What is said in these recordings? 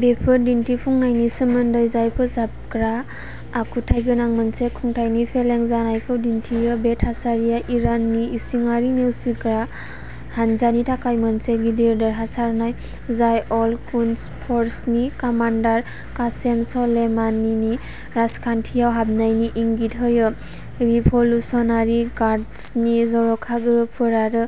बेफोर दिन्थिफुंनायनि सोमोन्दै जाय फोसाबग्रा आखुथाय गोनां मोनसे खुंथायनि फेलें जानायखौ दिन्थियो। बे थासारिया इराननि इसिङारि नेवसिग्रा हान्जानि थाखाय मोनसे गिदिर देरहासारनाय। जाय अल-कुद्स फर्सनि कामान्डार कासेम स'लेमानिनि राजखान्थियाव हाबनायनि इंगित होयो। रिभलुशनारि गार्ड्सनि जर'खा गोहोफोर आरो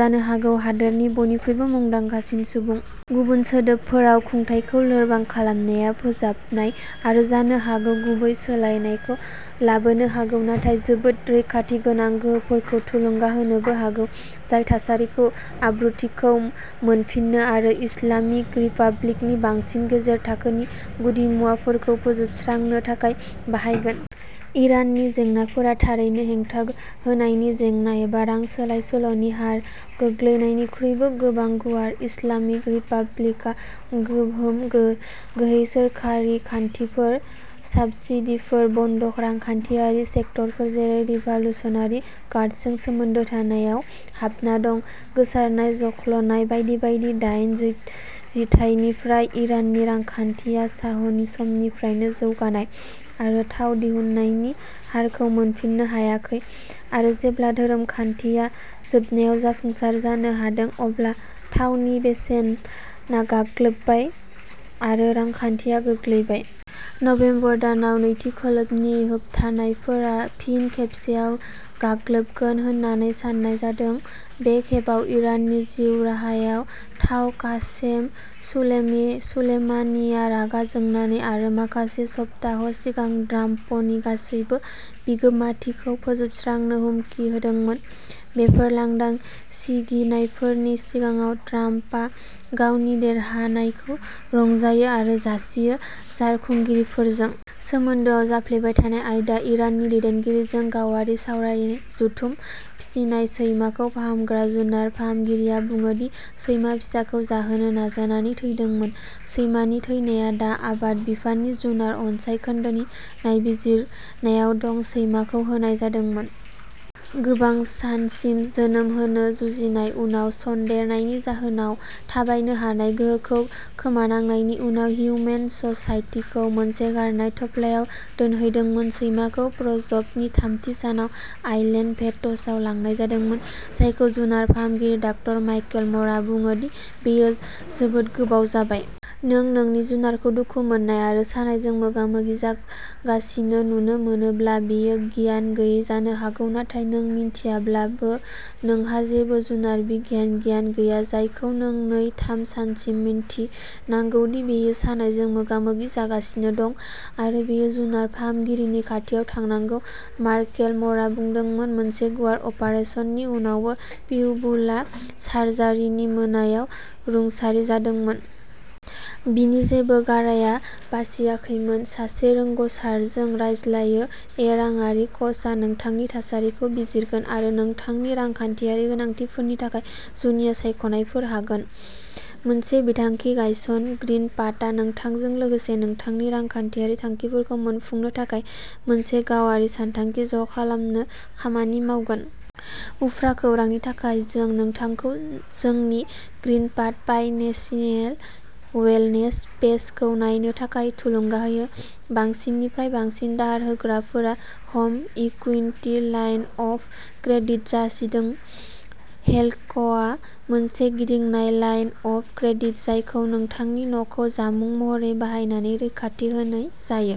जानो हागौ हादोरनि बयनिख्रुइबो मुंदांखासिन सुबुं। गुबुन सोदोबफोराव खुंथायखौ लोरबां खालामनाया फोजाबनाय आरो जानो हागौ गुबै सोलायनायखौ लाबोनो हागौ। नाथाय जोबोद रैखाथि गोनां गोहोफोरखौ थुलुंगा होनोबो हागौ जाय थासारिखौ "आब्रुथिखौ मोनफिननो" आरो इस्लामिक रिपाब्लिकनि बांसिन गेजेर थाखोनि गुदिमुवाफोरखौ फोजोबस्रांनो थाखाय बाहायगोन। इराननि जेंनाफोरा थारैनो हेंथा होनायनि जेंना एबा रां सोलायसोल'नि हार गोग्लैनायनिख्रुइबो गोबां गुवार। इस्लामिक रिपाब्लिकआ गोहोम गो गैहै सोरखारि खान्थिफोर, साब्सिडीफोर, बन्द रांखान्थियारि सेक्टरफोर, जेरै रिभलुशनारि गार्ड्सजों सोमोन्दो थानायआव हाबना दं। गोसारनाय जख्ल'नाय बायदि बायदि दाइन जि-जिथाइनिफ्राय इराननि रांखान्थिया शाहनि समनिफ्रायनो जौगानाय आरो थाव दिहुन्नायनि हारखौ मोनफिननो हायाखै आरो जेब्ला धोरोमखान्थिया जोबनायाव जाफुंसार जानो हादों अब्ला थावनि बेसेना गोग्लैबाय आरो रांखान्थिया गोग्लैबाय। नबेम्बर दानाव नैथि खोलोबनि होबथानायफोरा फिन खेबसेआव गाग्लोबगोन होननानै साननाय जादों। बे खेबाव इराननि जिउ राहायाव थाव। कासेम सुलेमी सुलेमानीआ रागा जोंनानै आरो माखासे सप्ताह सिगां "ड्राम्प'नि गासैबो बिगोमाथि" खौ फोजोबस्रांनो हुमखि होदोंमोन। बेफोर लांदां सिगिनायफोरनि सिगाङाव ड्राम्पआ गावनि देरहानायखौ रंजायो आरो जासियो। जारखुंगिरिफोरजों सोमोन्दोआव जाफ्लेबाय थानाय आयदा इराननि दैदेनगिरिजों गावारि सावराय जथुम। फिसिनाय सैमाखौ फाहामग्रा जुनार फाहामगिरिया बुङो दि सैमा फिसाखौ जाहोनो नाजानानै थैदोंमोन। सैमानि थैनाया दा आबाद बिफाननि जुनार अनसाइ खोन्दोनि नायबिजिरनायाव दं। सैमाखौ होनाय जादोंमोन। गोबां सानसिम जोनोम होनो जुजिनाय उनाव सन्देरनायनि जाहोनाव थाबायनो हानाय गोहोखौ खोमानांनायनि उनाव हिउमेन ससाइटिखौ मोनसे गारनाय थफ्लायाव दोनहैदोंमोन। सैमाखौ प्रजबनि थामथि सानाव आइलेन्ड भेटसआव लांनाय जादोंमोन, जायखौ जुनार फाहामगिरि डाक्टर मायकेल म'रा बुङो दि बेयो जोबोद गोबाव जाबाय। नों नोंनि जुनारखौ दुखु मोननाय आरो सानायजों मोगा-मोगि जागासिनो नुनो मोनोब्ला बेयो गियान गैयै जानो हागौ नाथाय नों मिथियाब्लाबो नोंहा जेबो जुनार बिगियान गियान गैया जायखौ नों नै थाम सानसिम मिन्थिनांगौ दि बेयो सानायजों मोगा-मोगि जागासिनो दं आरो बेयो जुनार फाहामगिरिनि खाथियाव थांनांगौ मार्केल म'रा बुंदोंमोन मोनसे गुवार अपारेसननि उनावबो पिटबुलआ सार्जारिनि मोनायाव रुंसारि जादोंमोन। बिनि जेबो गारायआ बासियाखैमोन। सासे रोंग'सारजों रायज्लायो ए राङारि क'चआ नोंथांनि थासारिखौ बिजिरगोन आरो नोंथांनि रांखान्थियारि गोनांथिफोरनि थाखाय जुनिया सायख'नायफोर हागोन। मोनसे बिथांखि गायसन ग्रीनपाथआ नोंथांजों लोगोसे नोंथांनि रांखान्थियारि थांखिफोरखौ मोनफुंनो थाखाय मोनसे गावारि सानथांखि ज'खालामनो खामानि मावगोन। उफ्रा खौरांनि थाखाय जों नोंथांखौ जोंनि ग्रीनपाथ फाइनेसियेल वेलनेस पेजखौ नायनो थाखाय थुलुंगा होयो। बांसिननिफ्राय बांसिन दाहार होग्राफोरा home equity line of credit जासिदों। हेलकआ मोनसे गिदिंनाय लाइन अफ क्रेडिट जायखौ नोंथांनि न'खौ जामुं महरै बाहायनानै रैखाथि होनै जायो।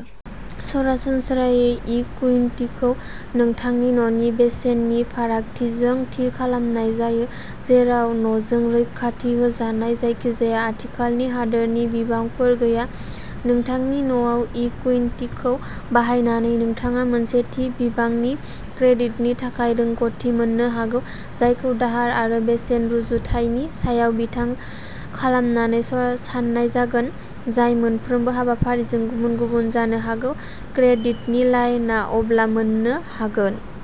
सरासनस्रायै इकुइन्टिखौ नोंथांनि न'नि बेसेननि फारागथिजों थि खालामनाय जायो जेराव न'जों रैखाथि होजानाय जायखिजाया आथिखालनि हादरनि बिबांफोर गैया। नोंथांनि न'आव इकुइन्टिखौ बाहायनानै नोंथाङा मोनसे थि बिबांनि क्रेडिटनि थाखाय रोंग'थि मोननो हागौ। जायखौ दाहार आरो बेसेन रुजुथायनि सायाव बिथां खालामनानै सरा सान्नाय जागोन जाय मोनफ्रोमबो हाबाफारिजों गुबुन-गुबुन जानो हागौ। क्रेडिटनि लाइनआ अब्ला मोन्नो हागोन।